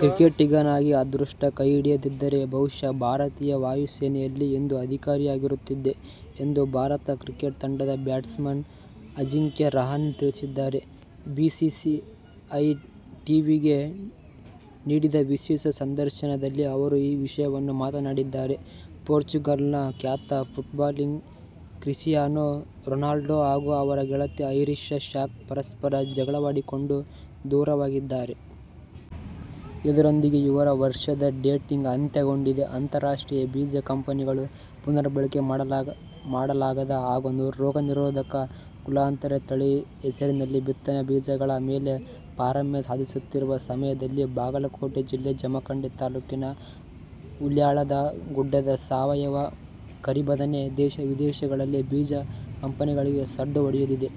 ಕ್ರಿಕೆಟಿಗನಾಗಿ ಅದೃಷ್ಟ ಕೈ ಹಿಡಿಯದಿದ್ದರೆ ಬಹುಶಃ ಭಾರತೀಯ ವಾಯು ಸೇನೆಯಲ್ಲಿ ಇಂದು ಅಧಿಕಾರಿಯಾಗಿರುತ್ತಿದ್ದೆ ಎಂದು ಭಾರತ ಕ್ರಿಕೆಟ್ ತಂಡದ ಬ್ಯಾಟ್ಸ್ಮನ್ ಅಜಿಂಕ್ಯ ರಹಾನೆ ತಿಳಿಸಿದ್ದಾರೆ. ಬಿಸಿಸಿಐ ಟೀವಿಗೆ ನೀಡಿದ ವಿಶೇಷ ಸಂದರ್ಶನದಲ್ಲಿ ಅವರು ಈ ವಿಷಯವನ್ನು ಮಾತನಾಡಿದ್ದಾರೆ. ಪೋರ್ಚುಗಲ್ನ ಖ್ಯಾತ ಫುಟ್ಬಾಲಿಗ ಕ್ರಿಸ್ಟಿಯಾನೋ ರೊನಾಲ್ಡೊ ಹಾಗೂ ಅವರ ಗೆಳತಿ ಐರಿನಾ ಶಾಕ್ ಪರಸ್ಪರ ಜಗಳವಾಡಿಕೊಂಡು ದೂರವಾಗಿದ್ದಾರೆ. ಇದರೊಂದಿಗೆ ಇವರ ವರ್ಷದ ಡೇಟಿಂಗ್ ಅಂತ್ಯಗೊಂಡಿದೆ. ಅಂತಾರಾಷ್ಟ್ರೀಯ ಬೀಜ ಕಂಪನಿಗಳು ಪುನರ್ಬಳಕೆ ಮಾಡಲಾಗದ ಹಾಗೂ ರೋಗನಿರೋಧಕ, ಕುಲಾಂತರಿ ತಳಿ ಹೆಸರಿನಲ್ಲಿ ಬಿತ್ತನೆ ಬೀಜಗಳ ಮೇಲೆ ಪಾರಮ್ಯ ಸಾಧಿಸುತ್ತಿರುವ ಸಮಯದಲ್ಲಿ ಬಾಗಲಕೋಟೆ ಜಿಲ್ಲೆ ಜಮಖಂಡಿ ತಾಲೂಕಿನ ಹುಲ್ಯಾಳದ ಗುಡ್ಡದ ಸಾವಯವ ಕರಿಬದನೆ ದೇಶ-ವಿದೇಶಗಳಲ್ಲಿ ಬೀಜ ಕಂಪನಿಗಳಿಗೆ ಸಡ್ಡು ಹೊಡೆದಿದೆ.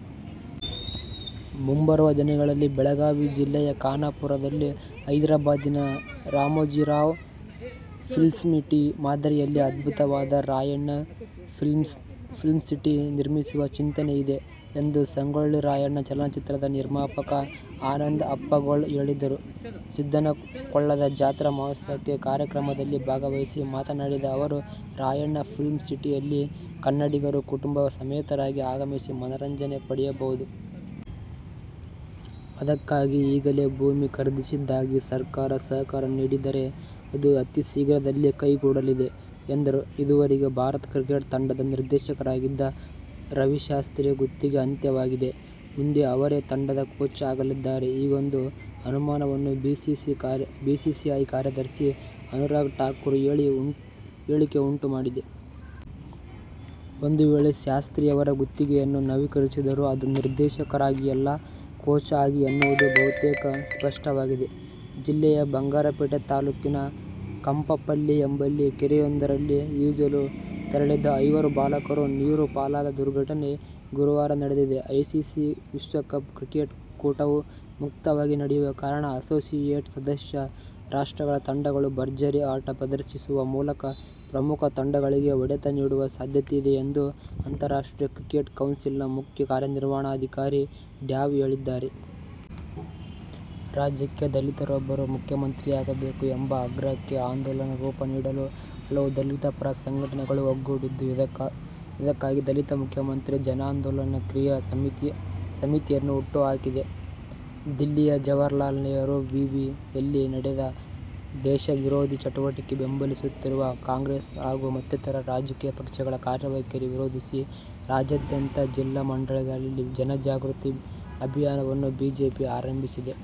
ಮುಂಬರುವ ದಿನಗಳಲ್ಲಿ ಬೆಳಗಾವಿ ಜಿಲ್ಲೆಯ ಖಾನಾಪುರದಲ್ಲಿ ಹೈದರಾಬಾದಿನ ರಾಮೋಜಿರಾವ್ ಫಿಲ್ಮ್ಸಿಟಿ ಮಾದರಿಯಲ್ಲಿ ಅತ್ಯದ್ಭುತವಾದ "ರಾಯಣ್ಣ ಫಿಲ್ಮ್ಸಿಟಿ' ನಿರ್ಮಿಸುವ ಚಿಂತನೆಯಿದೆ ಎಂದು ಸಂಗೊಳ್ಳಿ ರಾಯಣ್ಣ ಚಲನಚಿತ್ರದ ನಿರ್ಮಾಪಕ ಆನಂದ ಅಪ್ಪಗೋಳ ಹೇಳಿದರು. ಸಿದ್ಧನಕೊಳ್ಳದ ಜಾತ್ರಾ ಮಹೋತ್ಸವ ಕಾರ್ಯಕ್ರಮದಲ್ಲಿ ಭಾಗವಹಿಸಿ ಮಾತನಾಡಿದ ಅವರು, ರಾಯಣ್ಣ ಫಿಲ್ಮ್ ಸಿಟಿಯಲ್ಲಿ ಕನ್ನಡಿಗರು ಕುಟುಂಬ ಸಮೇತರಾಗಿ ಆಗಮಿಸಿ ಮನರಂಜನೆ ಪಡೆಯಬಹುದು. ಅದಕ್ಕಾಗಿ ಈಗಾಗಲೇ ಭೂಮಿ ಖರೀದಿಸಿದ್ದಾಗಿದೆ. ಸರ್ಕಾರ ಸಹಕಾರ ನೀಡಿದರೆ ಅದು ಅತೀ ಶೀಘ್ರದಲ್ಲೇ ಕೈಗೂಡಲಿದೆ ಎಂದರು. ಇದುವರೆಗೆ ಭಾರತ ಕ್ರಿಕೆಟ್ ತಂಡದ ನಿರ್ದೇಶಕರಾಗಿದ್ದ ರವಿಶಾಸ್ತ್ರಿ ಗುತ್ತಿಗೆ ಅಂತ್ಯವಾಗಿದೆ. ಮುಂದೆ ಅವರೇ ತಂಡದ ಕೋಚ್ ಆಗಲಿದ್ದಾರಾ? ಹೀಗೊಂದು ಅನುಮಾನವನ್ನು ಬಿಸಿಸಿಐ ಕಾರ್ಯದರ್ಶಿ ಅನುರಾಗ್ ಠಾಕೂರ್ ಹೇಳಿಕೆ ಉಂಟು ಮಾಡಿದೆ. ಒಂದು ವೇಳೆ ಶಾಸ್ತ್ರಿಯವರ ಗುತ್ತಿಗೆಯನ್ನು ನವೀಕರಿಸಿದರೂ ಅದು ನಿರ್ದೇಶಕರಾಗಿಯಲ್ಲ, ಕೋಚ್ ಆಗಿ ಎನ್ನುವುದು ಬಹುತೇಕ ಸ್ಪಷ್ಟವಾಗಿದೆ. ಜಿಲ್ಲೆಯ ಬಂಗಾರಪೇಟೆ ತಾಲೂಕಿನಕಂಬಪಲ್ಲಿ ಎಂಬಲ್ಲಿ ಕೆರೆಯೊಂದರಲ್ಲಿ ಈಜಲು ತೆರಳಿದ್ದ ಐವರು ಬಾಲಕರು ನೀರು ಪಾಲಾದ ದುರ್ಘಟನೆ ಗುರುವಾರ ನಡೆದಿದೆ. ಐಸಿಸಿ ವಿಶ್ವ ಕಪ್ ಕ್ರಿಕೆಟ್ ಕೂಟವು ಮುಕ್ತವಾಗಿ ನಡೆಯುವ ಕಾರಣ ಅಸೋಸಿಯೇಟ್ ಸದಸ್ಯ ರಾಷ್ಟ್ರಗಳ ತಂಡಗಳು ಭರ್ಜರಿ ಆಟ ಪ್ರದರ್ಶಿಸುವ ಮೂಲಕ ಪ್ರಮುಖ ತಂಡಗಳಿಗೆ ಹೊಡೆತ ನೀಡುವ ಸಾಧ್ಯತೆಯಿದೆ ಎಂದು ಅಂತಾರಾಷ್ಟ್ರೀಯ ಕ್ರಿಕೆಟ್ ಕೌನ್ಸಿಲ್ ನ ಮುಖ್ಯ ಕಾರ್ಯನಿರ್ವಹಣಾಧಿಕಾರಿ ಡ್ಯಾವ್ ಹೇಳಿದ್ದಾರೆ. ರಾಜ್ಯಕ್ಕೆ ದಲಿತರೊಬ್ಬರು ಮುಖ್ಯಮಂತ್ರಿಯಾಗಬೇಕು ಎಂಬ ಆಗ್ರಹಕ್ಕೆ ಆಂದೋಲನದ ರೂಪ ನೀಡಲು ಹಲವು ದಲಿತ ಪರ ಸಂಘಟನೆಗಳು ಒಗ್ಗೂಡಿದ್ದು, ಇದಕ್ಕಾಗಿ ದಲಿತ ಮುಖ್ಯಮಂತ್ರಿ ಜನಾಂದೋಲನ ಕ್ರಿಯಾ ಸಮಿತಿಯನ್ನು ಹುಟ್ಟುಹಾಕಿವೆ. ದಿಲ್ಲಿಯ ಜವಾಹರಲಾಲ ನೆಹರು ವಿ. ವಿ. ಯಲ್ಲಿ ನಡೆದ ದೇಶವಿರೋಧಿ ಚಟುವಟಿಕೆ ಬೆಂಬಲಿಸುತ್ತಿರುವ ಕಾಂಗ್ರೆಸ್ ಹಾಗೂ ಮತ್ತಿತರ ರಾಜಕೀಯ ಪಕ್ಷಗಳ ಕಾರ್ಯವೈಖರಿ ವಿರೋಧಿಸಿ ರಾಜ್ಯಾದ್ಯಂತ ಜಿಲ್ಲಾ, ಮಂಡಲಗಳಲ್ಲಿ ಜನಜಾಗೃತಿ ಅಭಿಯಾನವನ್ನು ಬಿಜೆಪಿ ಆರಂಭಿಸಿದೆ.